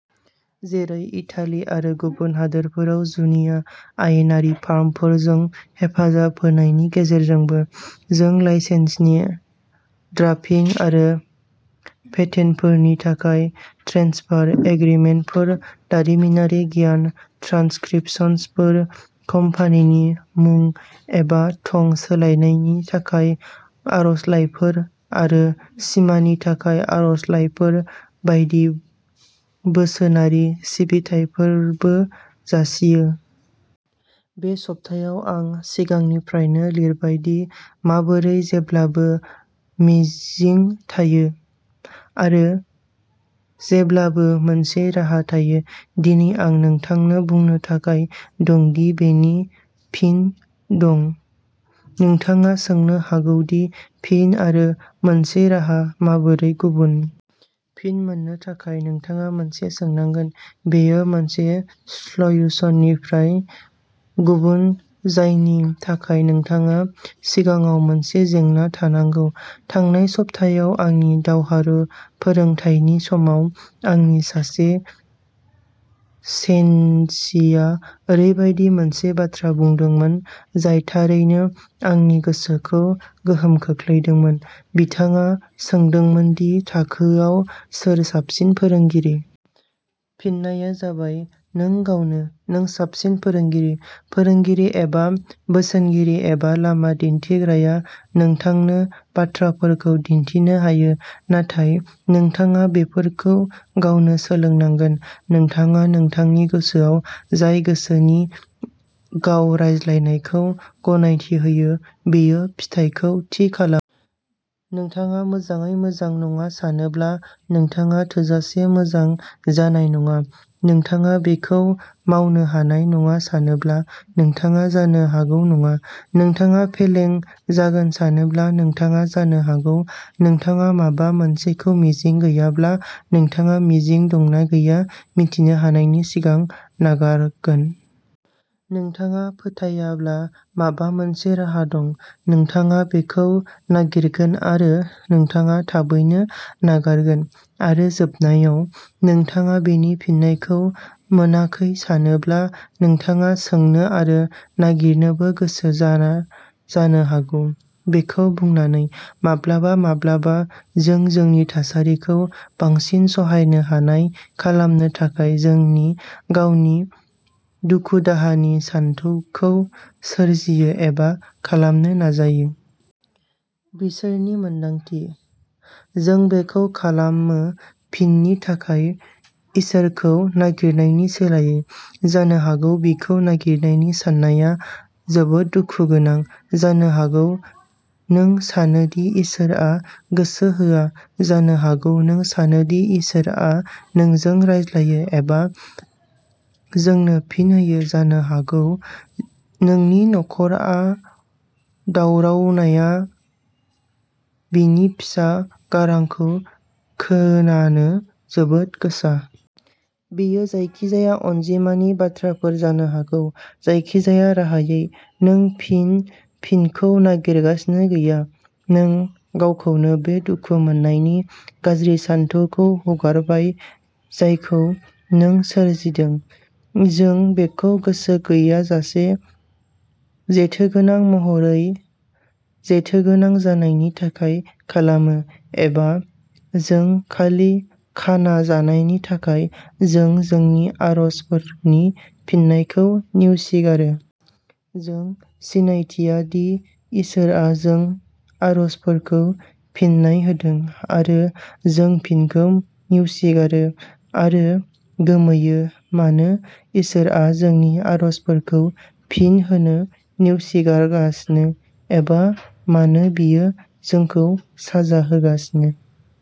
जेरै, इटाली आरो गुबुन हादोरफोराव जुनिया आयेनारि फार्मफोरजों हेफाजाब होनायनि गेजेरजोंबो। जों लाइसेन्सनि ड्राफ्टिं आरो पेटेन्टफोरनि थाखाय ट्रेन्सफार एग्रिमेन्टफोर, दारिमिनारि गियान, ट्रान्सक्रिप्शनफोर, कम्पानिनि मुं एबा थं सोलायनायनि थाखाय आर'जलाइफोर आरो सिमानि थाखाय आर'जलाइफोर बायदि बोसोनारि सिबिथाइफोरबो जासियो। बे सप्तायाव आं सिगांनिफ्रायनो लिरबाय दि माबोरै जेब्लाबो मिजिं थायो, आरो जेब्लाबो मोनसे राहा थायो। दिनै आं नोंथांनो बुंनो थाखाय दं दि बेनि फिन दं। नोंथाङा सोंनो हागौ दि फिन आरो मोनसे राहा माबोरै गुबुन। फिन मोननो थाखाय, नोंथाङा मोनसे सोंनांगोन। बेयो मोनसे सल्युसननिफ्राय गुबुन-जायनि थाखाय नोंथांहा सिगाङाव मोनसे जेंना थानांगौ। थांनाय सप्तायाव आंनि दावहारु फोरोंथायनि समाव, आंनि सासे सेन्सिया ओरैबायदि मोनसे बाथ्रा बुंदोंमोन जाय थारैनो आंनि गोसोखौ गोहोम खोख्लैदोंमोनः बिथाङा सोंदोंमोन दि थाखोयाव सोर साबसिन फोरोंगिरि। फिननाया जाबायः नों गावनो! नों साबसिन फोरोंगिरि। फोरोंगिरि एबा बोसोनगिरि एबा लामा दिन्थिग्राया नोंथांनो बाथ्राफोरखौ दिन्थिनो हायो, नाथाय नोंथाङा बेफोरखौ गावनो सोलोंनांगोन। नोंथाङा नोंथांनि गोसोआव जाय रोखोमनि गाव-रायज्लायनायखौ गनायथि होयो, बेयो फिथायखौ थि खालामो। नोंथाङा मोजाङै मोजां नङा सानोब्ला, नोंथाङा थोजासे मोजां जानाय नङा। नोंथाङा बेखौ मावनो हानाय नङा सानोब्ला, नोंथाङा जानो हागौ नङा। नोंथाङा फेलें जागोन सानोब्ला, नोंथाङा जानो हागौ। नोंथाङा माबा मोनसेखौ मिजिं गैयाब्ला, नोंथाङा मिजिं दं ना गैया मिथिनो हानायनि सिगां नागारगोन। नोंथाङा फोथायाब्ला माबा मोनसे राहा दं, नोंथाङा बेखौ नागिरगोन आरो नोंथाङा थाबैनो नागारगोन। आरो जोबनायाव, नोंथाङा बेनि फिननायखौ मोनाखै सानोब्ला, नोंथाङा सोंनो आरो नागिरनोबो गोसो जाया जानो हागौ। बेखौ बुंनानै, माब्लाबा-माब्लाबा जों जोंनि थासारिखौ बांसिन सहायनो हानाय खालामनो थाखाय जोंनि गावनि दुखु-दाहानि सानथौखौ सोरजियो, एबा खालामनो नाजायो। बिसोरनि मोन्दांथि। जों बेखौ खालामो फिननि थाखाय इसोरखौ नागिरनायनि सोलायै। जानो हागौ बिखौ नागिरनायनि साननाया जोबोद दुखु गोनां; जानो हागौ नों सानो दि इसोरआ गोसो होआ; जानो हागौ नों सानो दि इसोरआ नोंजों रायज्लायो एबा जोंनो फिन होयो; जानो हागौ नोंनि खर'आव दावरावनाया बिनि फिसा गारांखौ खोनानो जोबोद गोसा। बेयो जायखिजाया अनजिमानि बाथ्राफोर जानो हागौ। जायखिजाया राहायै, नों फिन फिनखौ नागिरगासिनो गैया। नों गावखौनो बे दुखु मोन्नायनि गाज्रि सानथौखौ हगारबाय जायखौ नों सोरजिदों। जों बेखौ गोसो गैयाजासे, जेथोगोनां महरै ों जेथोगोनां जानायनि थाखाय खालामो, एबा जों खालि खाना जानायनि थाखाय, जों जोंनि आरजफोरनि फिननायखौ नेवसिगारो। जों सिनायथिया दि इसोरआ जोंनि आरजफोरखौ फिननाय होदों, आरो जों फिनखौ नेवसिगारो आरो गोमोयो मानो इसोरआ जोंनि आरजफोरखौ फिन होनो'नेवसिगारगासिनो ', एबा मानो बियो जोंखौ साजा होगासिनो।